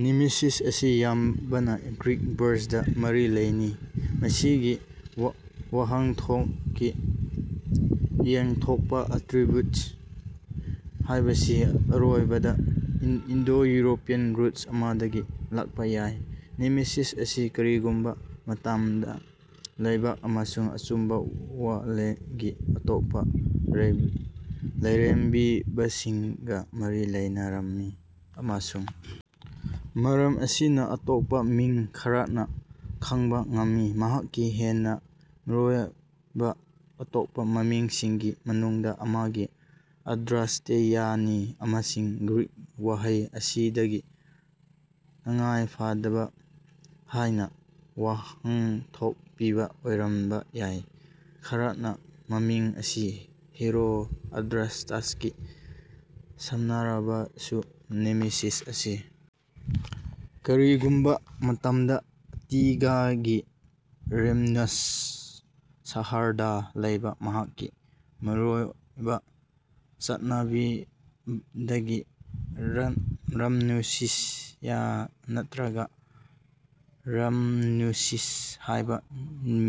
Nemesis ꯑꯁꯤ ꯑꯌꯥꯝꯕꯅ Greek ꯚꯔ꯭ꯕ ꯒ ꯃꯔꯤ ꯂꯩꯅꯩ ꯃꯁꯤꯒꯤ ꯋꯥꯍꯟꯊꯣꯛꯇꯤ ꯌꯦꯟꯊꯣꯛꯄ ꯑꯦꯇ꯭ꯔꯤꯕ꯭ꯌꯨꯠ ꯍꯥꯏꯕꯁꯤ ꯑꯔꯣꯏꯕꯗ ꯏꯟꯗꯣ ꯌꯨꯔꯣꯄꯤꯌꯟ ꯔꯨꯠ ꯑꯃꯗꯒꯤ ꯂꯥꯛꯄ ꯌꯥꯏ꯫ ꯅꯦꯃꯦꯁꯤꯁ ꯑꯁꯤ ꯀꯔꯤꯒꯨꯝꯕ ꯃꯇꯝꯗ ꯂꯥꯏꯕꯛ ꯑꯃꯁꯨꯡ ꯑꯆꯨꯝꯕ ꯋꯥꯌꯦꯜꯒꯤ ꯑꯇꯣꯞꯄ ꯂꯥꯏꯔꯦꯝꯕꯤꯁꯤꯡꯒ ꯃꯔꯤ ꯂꯩꯅꯔꯝꯃꯤ ꯑꯃꯁꯨꯡ ꯃꯔꯝ ꯑꯁꯤꯅ ꯑꯇꯣꯞꯄ ꯃꯤꯡ ꯈꯔꯅ ꯈꯪꯕ ꯉꯝꯃꯤ꯫ ꯃꯍꯥꯛꯀꯤ ꯍꯦꯟꯅ ꯃꯔꯨꯑꯣꯏꯕ ꯑꯇꯣꯞꯄ ꯃꯃꯤꯡꯁꯤꯡꯒꯤ ꯃꯅꯨꯡꯗ ꯑꯃꯗꯤ ꯑꯗ꯭ꯔꯥꯁ꯭ꯇꯦꯌꯥꯅꯤ ꯃꯁꯤ ꯒ꯭ꯔꯤꯛ ꯋꯥꯍꯩ ꯑꯁꯤꯗꯒꯤ ꯇꯉꯥꯏꯐꯗꯕ ꯍꯥꯏꯅ ꯋꯥꯍꯟꯊꯣꯛ ꯄꯤꯕ ꯑꯣꯏꯔꯝꯕ ꯌꯥꯏ ꯈꯔꯅ ꯃꯃꯤꯡ ꯑꯁꯤ ꯍꯤꯔꯣ ꯑꯗ꯭ꯔꯥꯁ꯭ꯇꯁꯀ ꯁꯝꯅꯔꯕꯁꯨ꯫ ꯅꯦꯃꯦꯁꯤꯁ ꯑꯁꯤ ꯀꯔꯤꯒꯨꯝꯕ ꯃꯇꯝꯗ ꯑꯦꯇꯤꯀꯥꯒꯤ ꯔꯥꯝꯅꯨꯁ ꯁꯍꯔꯗ ꯂꯩꯕ ꯃꯍꯥꯛꯀꯤ ꯃꯔꯨꯑꯣꯏꯕ ꯆꯠꯅꯕꯤꯗꯒꯤ ꯔꯥꯝꯅꯨꯁꯤꯌꯥ ꯅꯠꯇ꯭ꯔꯒ ꯔꯥꯝꯅꯨꯁꯤꯁ ꯍꯥꯏꯕ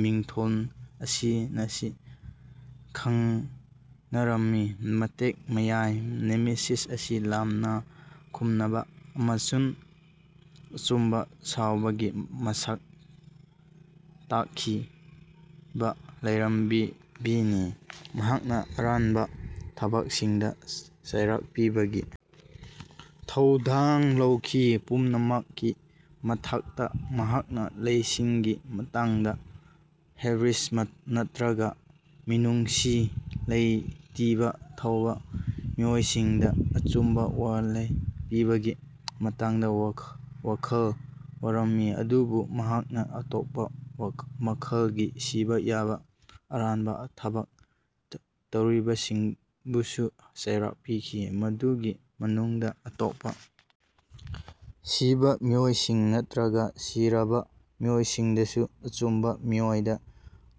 ꯃꯤꯡꯊꯣꯜ ꯑꯁꯤꯅꯁꯨ ꯈꯪꯅꯔꯝꯃꯤ꯫ ꯃꯇꯤꯛ ꯃꯌꯥꯏ ꯅꯦꯃꯦꯁꯤꯁ ꯑꯁꯤ ꯂꯃꯟ ꯈꯨꯝꯅꯕ ꯑꯃꯁꯨꯡ ꯑꯆꯨꯝꯕ ꯁꯥꯎꯕꯒꯤ ꯃꯁꯛ ꯇꯥꯛꯈꯤꯕ ꯂꯥꯏꯔꯦꯝꯕꯤꯅꯤ꯫ ꯃꯍꯥꯛꯅ ꯑꯔꯥꯟꯕ ꯊꯕꯛꯁꯤꯡꯗ ꯆꯩꯔꯥꯛ ꯄꯤꯕꯒꯤ ꯊꯧꯗꯥꯡ ꯂꯧꯈꯤ꯫ ꯄꯨꯝꯅꯃꯛꯀꯤ ꯃꯊꯛꯇ ꯃꯍꯥꯛꯅ ꯂꯥꯏꯁꯤꯡꯒꯤ ꯃꯇꯥꯡꯗ ꯍꯥꯏꯕ꯭ꯔꯤꯁ ꯅꯠꯇ꯭ꯔꯒ ꯃꯤꯅꯨꯡꯁꯤ ꯂꯩꯇꯕ ꯇꯧꯈꯤꯕ ꯃꯤꯑꯣꯏꯁꯤꯡꯗ ꯑꯆꯨꯝꯕ ꯋꯥꯌꯦꯜ ꯄꯤꯕꯒꯤ ꯃꯇꯥꯡꯗ ꯋꯥꯈꯜ ꯋꯥꯔꯝꯃꯤ ꯑꯗꯨꯕꯨ ꯃꯍꯥꯛꯅ ꯑꯇꯣꯞꯄ ꯃꯈꯜꯒꯤ ꯁꯤꯕ ꯌꯥꯕ ꯑꯔꯥꯟꯕ ꯊꯕꯛ ꯇꯧꯔꯤꯕꯁꯤꯡꯕꯨꯁꯨ ꯆꯩꯔꯥꯛ ꯄꯤꯈꯤ ꯃꯗꯨꯒꯤ ꯃꯅꯨꯡꯗ ꯑꯇꯣꯞꯄ ꯁꯤꯕ ꯃꯤꯑꯣꯏꯁꯤꯡ ꯅꯠꯇ꯭ꯔꯒ ꯁꯤꯔꯕ ꯃꯤꯑꯣꯏꯁꯤꯡꯗꯁꯨ ꯑꯆꯨꯝꯕ ꯃꯑꯣꯡꯗ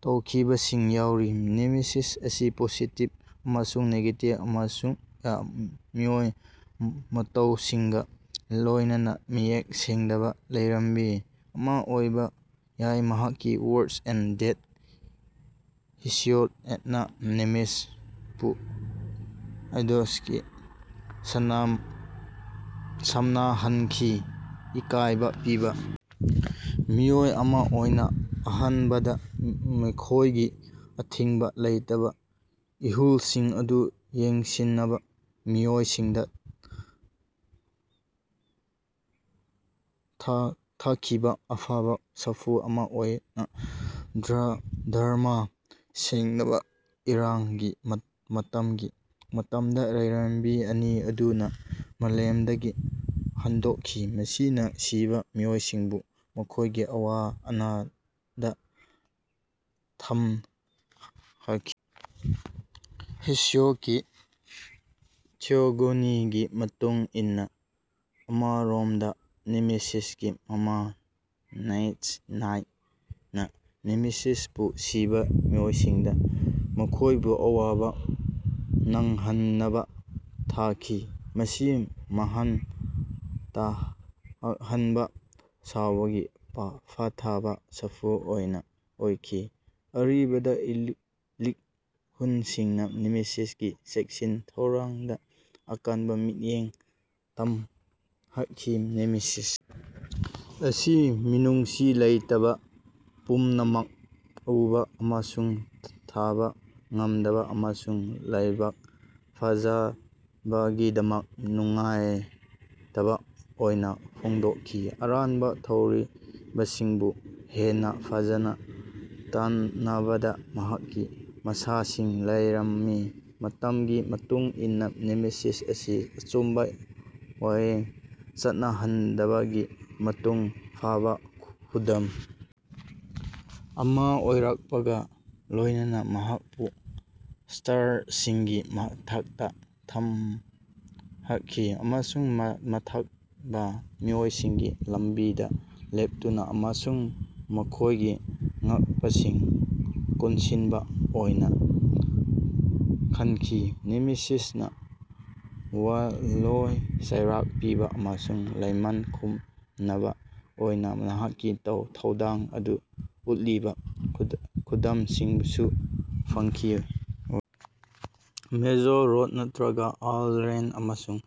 ꯇꯧꯈꯤꯕꯁꯤꯡ ꯌꯥꯎꯔꯤ꯫ ꯅꯦꯃꯦꯁꯤꯁ ꯑꯁꯤ ꯄꯣꯖꯤꯇꯤꯕ ꯑꯃꯁꯨꯡ ꯅꯦꯒꯦꯇꯤꯕ ꯃꯋꯣꯡ ꯃꯇꯧꯁꯤꯡꯒ ꯂꯣꯏꯅꯅ ꯃꯌꯦꯛ ꯁꯦꯡꯗꯕ ꯂꯥꯏꯔꯦꯝꯕꯤ ꯑꯃ ꯑꯣꯏꯕ ꯌꯥꯏ꯫ ꯃꯍꯥꯛꯀꯤ ꯋꯥꯔ꯭ꯛꯁ ꯑꯦꯟꯗ ꯗꯦꯁꯇ ꯍꯦꯁꯤꯑꯣꯗꯅ ꯅꯦꯃꯦꯁꯤꯁꯄꯨ ꯑꯥꯏꯗꯣꯁꯀ ꯁꯝꯅꯍꯟꯈꯤ ꯏꯀꯥꯏꯕ ꯄꯤꯕ ꯃꯤꯑꯣꯏ ꯑꯃ ꯑꯣꯏꯅ ꯑꯍꯥꯟꯕꯗ ꯃꯈꯣꯏꯒꯤ ꯑꯊꯤꯡꯕ ꯂꯩꯇꯕ ꯏꯍꯨꯜꯁꯤꯡ ꯑꯗꯨ ꯌꯦꯡꯁꯤꯟꯅꯕ ꯃꯤꯑꯣꯏꯁꯤꯡꯗ ꯊꯥꯈꯤꯕ ꯑꯐꯕ ꯁꯥꯐꯨ ꯑꯃ ꯑꯣꯏꯅ ꯙꯔꯃ ꯁꯦꯡꯗꯕ ꯑꯥꯏꯔꯟꯒꯤ ꯃꯇꯝ"ꯒꯤ ꯃꯇꯝꯗ ꯂꯥꯏꯔꯦꯝꯕꯤ ꯑꯅꯤ ꯑꯗꯨꯅ ꯃꯥꯂꯦꯝꯗꯒꯤ ꯍꯟꯗꯣꯛꯈꯤ ꯃꯁꯤꯅ ꯁꯤꯕ ꯃꯤꯑꯣꯏꯁꯤꯡꯕꯨ ꯃꯈꯣꯏꯒꯤ ꯑꯋꯥ ꯑꯅꯥꯗ ꯊꯝꯈꯤ꯫ ꯍꯦꯁꯤꯑꯣꯗꯀꯤ ꯊꯤꯌꯣꯒꯣꯅꯤꯒꯤ ꯃꯇꯨꯡ ꯏꯟꯅ ꯑꯃꯔꯣꯝꯗ ꯅꯦꯃꯦꯁꯤꯁꯀꯤ ꯃꯃꯥ ꯅꯥꯏꯛ꯭ꯁ ꯅꯥꯏꯠꯅ ꯅꯦꯃꯦꯁꯤꯁꯄꯨ ꯁꯤꯕ ꯃꯤꯑꯣꯏꯁꯤꯡꯗ ꯃꯈꯣꯏꯕꯨ ꯑꯋꯥꯕ ꯅꯪꯍꯟꯅꯕ ꯊꯥꯈꯤ ꯃꯁꯤ ꯃꯥꯡꯍꯟ ꯇꯥꯛꯍꯟꯕ ꯁꯥꯎꯕꯒꯤ ꯐꯠꯇꯕ ꯁꯥꯐꯨ ꯑꯣꯏꯅ ꯑꯣꯏꯈꯤ꯫ ꯑꯔꯤꯕꯗ ꯂꯤꯈꯨꯟꯁꯤꯡꯅ ꯅꯦꯃꯦꯁꯤꯁꯀꯤ ꯆꯦꯛꯁꯤꯟ ꯊꯧꯔꯥꯡꯗ ꯑꯀꯟꯕ ꯃꯤꯠꯌꯦꯡ ꯊꯝꯈꯤ꯫ ꯅꯦꯃꯦꯁꯤꯁ ꯑꯁꯤ ꯃꯤꯅꯨꯡꯁꯤ ꯂꯩꯇꯕ ꯄꯨꯝꯅꯃꯛ ꯎꯕ ꯑꯃꯁꯨꯡ ꯇꯥꯕ ꯉꯝꯗꯕ ꯑꯃꯁꯨꯡ ꯂꯥꯏꯕꯛ ꯐꯖꯕꯒꯤꯗꯃꯛ ꯅꯨꯡꯉꯥꯏꯇꯕ ꯑꯣꯏꯅ ꯐꯣꯡꯗꯣꯛꯈꯤ꯫ ꯑꯔꯥꯟꯕ ꯇꯧꯔꯤꯕꯁꯤꯡꯕꯨ ꯍꯦꯟꯅ ꯐꯖꯅ ꯇꯥꯟꯅꯅꯕ ꯃꯍꯥꯛꯀꯤ ꯃꯁꯥꯁꯤꯡ ꯂꯩꯔꯝꯃꯤ꯫ ꯃꯇꯝꯒꯤ ꯃꯇꯨꯡ ꯏꯟꯅ ꯅꯦꯃꯦꯁꯤꯁ ꯑꯁꯤ ꯑꯆꯨꯝꯕ ꯋꯥꯌꯦꯜ ꯆꯠꯅꯍꯟꯕꯒꯤ ꯃꯄꯨꯡ ꯐꯥꯕ ꯈꯨꯗꯝ ꯑꯃ ꯑꯣꯏꯔꯛꯄꯒ ꯂꯣꯏꯅꯅ ꯃꯍꯥꯛꯄꯨ ꯁ꯭ꯇꯥꯔꯁꯤꯡꯒꯤ ꯃꯊꯛꯇ ꯊꯝꯈꯤ ꯑꯃꯁꯨꯡ ꯐꯠꯇꯕ ꯃꯤꯑꯣꯏꯁꯤꯡꯒꯤ ꯂꯝꯕꯤꯗ ꯂꯦꯞꯇꯨꯅ ꯑꯃꯁꯨꯡ ꯃꯈꯣꯏꯒꯤ ꯉꯛꯄꯁꯤꯡ ꯀꯣꯟꯁꯤꯟꯕ ꯑꯣꯏꯅ ꯈꯟꯈꯤ꯫ ꯅꯦꯃꯦꯁꯤꯁꯅ ꯋꯥꯌꯦꯜꯂꯣꯏ ꯆꯩꯔꯥꯛ ꯄꯤꯕ ꯑꯃꯁꯨꯡ ꯂꯃꯟ ꯈꯨꯝꯅꯕ ꯑꯣꯏꯅ ꯃꯍꯥꯛꯀꯤ ꯊꯧꯗꯥꯡ ꯑꯗꯨ ꯎꯠꯂꯤꯕ ꯈꯨꯗꯝꯁꯤꯡꯁꯨ ꯐꯪꯈꯤ ꯑꯣꯜ ꯃꯦꯖꯔ ꯔꯣꯗ ꯅꯠꯇ꯭ꯔꯒ ꯑꯦꯜ ꯔꯦꯟ ꯑꯃꯁꯨꯡ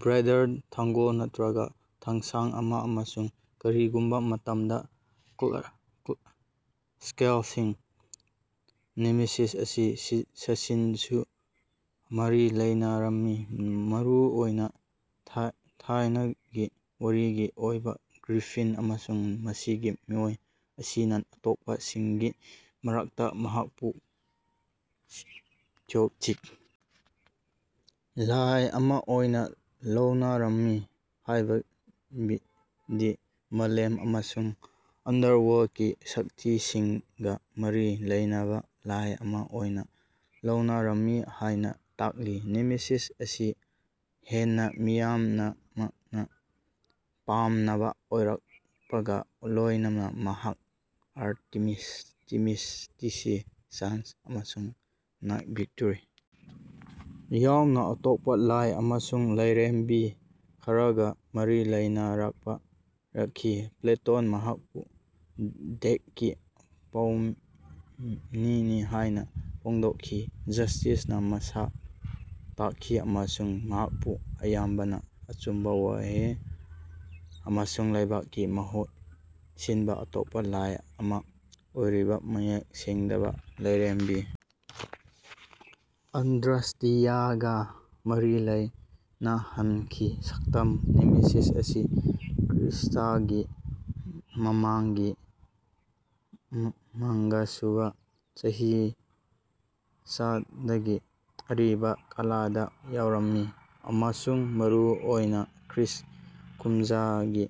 ꯕ꯭ꯔꯤꯗꯜ ꯊꯥꯡꯒꯣꯜ ꯅꯠꯇ꯭ꯔꯒ ꯊꯥꯡꯁꯥꯡ ꯑꯃ ꯑꯃꯁꯨꯡ ꯀꯔꯤꯒꯨꯝꯕ ꯃꯇꯝꯗ ꯁ꯭ꯀꯦꯜꯁꯤꯡ꯫ ꯅꯦꯃꯦꯁꯤꯁ ꯑꯁꯤ ꯁꯥꯁꯤꯡꯒꯁꯨ ꯃꯔꯤ ꯂꯩꯅꯔꯝꯃꯤ ꯃꯔꯨꯑꯣꯏꯅ ꯊꯥꯏꯅꯒꯤ ꯋꯥꯔꯤꯒꯤ ꯑꯣꯏꯕ ꯒ꯭ꯔꯤꯐꯤꯟ ꯑꯃꯁꯨꯡ ꯃꯁꯤꯒꯤ ꯃꯑꯣꯡ ꯑꯁꯤꯅ ꯑꯇꯣꯞꯄꯁꯤꯡꯒꯤ ꯃꯔꯛꯇ ꯃꯍꯥꯛꯄꯨ ꯀ꯭ꯊꯣꯅꯤꯛ ꯂꯥꯏ ꯑꯃ ꯑꯣꯏꯅ ꯂꯧꯅꯔꯝꯃꯤ ꯍꯥꯏꯕꯗꯤ ꯃꯥꯂꯦꯝ ꯑꯃꯁꯨꯡ ꯑꯟꯗꯔꯋꯔꯜꯗꯀꯤ ꯁꯛꯇꯤꯁꯤꯡꯒ ꯃꯔꯤ ꯂꯩꯅꯕ ꯂꯥꯏ ꯑꯃ ꯑꯣꯏꯅ ꯂꯧꯅꯔꯝꯃꯤ ꯍꯥꯏꯅ ꯇꯥꯛꯂꯤ ꯫ ꯅꯦꯃꯦꯁꯤꯁ ꯑꯁꯤ ꯍꯦꯟꯅ ꯃꯤꯌꯥꯝꯅ ꯄꯥꯝꯅꯕ ꯑꯣꯏꯔꯛꯄꯒ ꯂꯣꯏꯅꯅ ꯃꯍꯥꯛ ꯑꯥꯔꯇꯦꯃꯤꯁ ꯊꯦꯃꯤꯁ ꯇꯥꯏꯆꯦ ꯆꯥꯟꯁ ꯑꯃꯁꯨꯡ ꯅꯥꯏꯀꯤ ꯚꯤꯛꯇꯣꯔꯤ ꯌꯥꯎꯅ ꯑꯇꯣꯞꯄ ꯂꯥꯏ ꯑꯃꯁꯨꯡ ꯂꯥꯏꯔꯦꯝꯕꯤ ꯈꯔꯒ ꯃꯔꯤ ꯂꯩꯅꯔꯛꯈꯤ꯫ ꯄ꯭ꯂꯦꯇꯣꯅ ꯃꯍꯥꯛꯄꯨ ꯗꯥꯏꯛꯀꯤ ꯄꯥꯎꯃꯤꯅꯤ ꯍꯥꯏꯅ ꯐꯣꯡꯗꯣꯛꯈꯤ ꯖꯁ꯭ꯇꯤꯁꯅ ꯃꯁꯛ ꯇꯥꯛꯈꯤ꯫ ꯑꯃꯁꯨꯡ ꯃꯍꯥꯛꯄꯨ ꯑꯌꯥꯝꯕꯅ ꯑꯆꯨꯝꯕ ꯋꯥꯌꯦꯜ ꯑꯃꯁꯨꯡ ꯂꯥꯏꯕꯛꯀꯤ ꯃꯍꯨꯠ ꯁꯤꯟꯕ ꯑꯇꯣꯞꯄ ꯂꯥꯏ ꯑꯃ ꯑꯣꯏꯔꯤꯕ ꯃꯌꯦꯛ ꯁꯦꯡꯗꯕ ꯂꯥꯏꯔꯦꯝꯕꯤ ꯑꯗ꯭ꯔꯥꯁ꯭ꯇꯦꯌꯥꯒ ꯃꯔꯤ ꯂꯩꯅꯍꯟꯈꯤ꯫ ꯁꯛꯇꯝ ꯅꯦꯃꯦꯁꯤꯁ ꯑꯁꯤ ꯈ꯭ꯔꯤꯁ꯭ꯇꯒꯤ ꯃꯃꯥꯡꯒꯤ ꯃꯉꯥꯁꯨꯕ ꯆꯍꯤꯆꯥꯗꯒꯤ ꯑꯔꯤꯕ ꯀꯂꯥꯗ ꯌꯥꯎꯔꯝꯃꯤ ꯑꯃꯁꯨꯡ ꯃꯔꯨꯑꯣꯏꯅ ꯈ꯭ꯔꯤꯁ꯭ꯠ ꯀꯨꯝꯖꯥꯒꯤ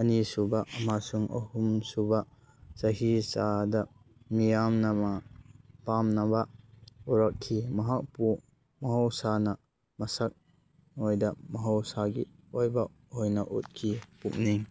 ꯑꯅꯤꯁꯨꯕ ꯑꯃꯁꯨꯡ ꯑꯍꯨꯝꯁꯨꯕ ꯆꯍꯤꯆꯥꯗ ꯃꯤꯌꯥꯝꯅ ꯄꯥꯝꯅꯕ ꯑꯣꯏꯔꯛꯈꯤ꯫ ꯃꯍꯥꯛꯄꯨ ꯃꯍꯧꯁꯥꯅ ꯃꯁꯛ ꯃꯑꯣꯡꯗ ꯃꯍꯧꯁꯥꯒꯤ ꯑꯣꯏꯕ ꯑꯣꯏꯅ ꯎꯠꯈꯤ ꯄꯨꯛꯅꯤꯡ